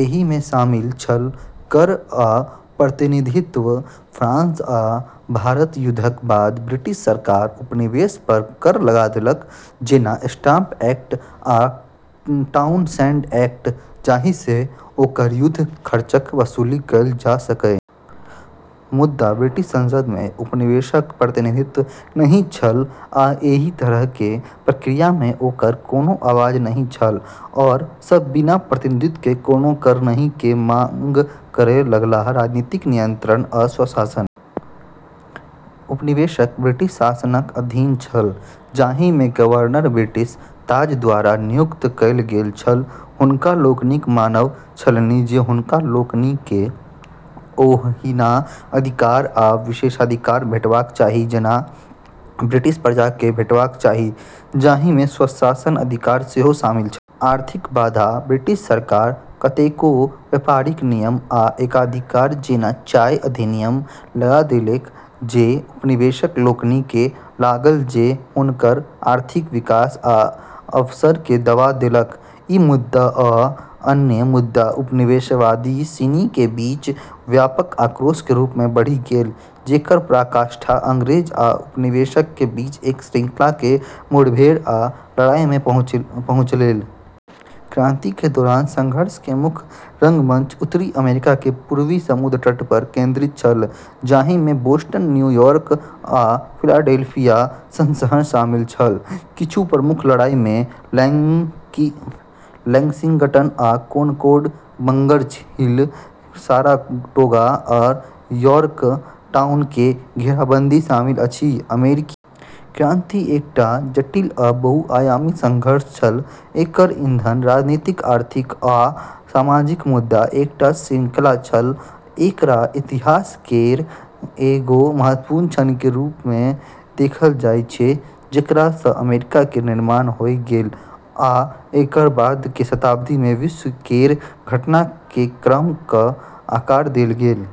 एहि मे शामिल छल: कर आ प्रतिनिधित्व। फ्रांस आ भारतीय युद्धक बाद ब्रिटिश सरकार उपनिवेश पर कर लगा देलक, जेना स्टाम्प एक्ट आ टाउनशेंड एक्ट जाहि सँ ओकर युद्ध खर्चक वसूली कयल जा सकय। मुदा, ब्रिटिश संसद मे उपनिवेशक प्रतिनिधित्व नहि छल आ एहि तरहें कर प्रक्रिया मे ओकर कोनो आवाज नहि छल। ओ सब "बिना प्रतिनिधित्व के कोनो कर नहि" के मांग करय लगलाह। राजनीतिक नियंत्रण आ स्वशासन। उपनिवेशक ब्रिटिश शासनक अधीन छल, जाहि मे गवर्नर ब्रिटिश ताज द्वारा नियुक्त कयल गेल छल। हुनका लोकनिक मानब छलनि जे हुनका लोकनि केँ ओहिना अधिकार आ विशेषाधिकार भेटबाक चाही जेना ब्रिटिश प्रजा केँ भेटबाक चाही, जाहि मे स्वशासनक अधिकार सेहो शामिल छल। आर्थिक बाधा। ब्रिटिश सरकार कतेको व्यापारिक नियम आ एकाधिकार जेना चाय अधिनियम लगा देलक जे उपनिवेशक लोकनि केँ लागल जे हुनकर आर्थिक विकास आ अवसर केँ दबा देलक। ई मुद्दा आ अन्य मुद्दा उपनिवेशवादी सिनी के बीच व्यापक आक्रोश के रूप मे बढ़ी गेलै, जेकर पराकाष्ठा अंग्रेज आ उपनिवेशक के बीच एक श्रृंखला के मुठभेड़ आ लड़ाई मे पहुँचलै। क्रांति के दौरान संघर्ष के मुख्य रंगमंच उत्तरी अमेरिका के पूर्वी समुद्र तट पर केंद्रित छल, जाहि मे बोस्टन, न्यूयॉर्क, आ फिलाडेल्फिया सन शहर शामिल छल। किछु प्रमुख लड़ाई मे लेक्सिंगटन आ कॉनकॉर्ड, बंकर हिल, साराटोगा, आ यॉर्कटाउन के घेराबंदी शामिल अछि। अमेरिकी क्रांति एकटा जटिल आ बहुआयामी संघर्ष छल, जकर ईंधन राजनीतिक, आर्थिक आ सामाजिक मुद्दाक एकटा श्रृंखला छल। एकरा इतिहास केर एगो महत्वपूर्ण क्षण के रूप मे देखल जाय छै, जेकरा सँ अमेरिका केर निर्माण होय गेलै आ एकर बाद के शताब्दी मे विश्व केर घटना के क्रम क आकार देल गेलै।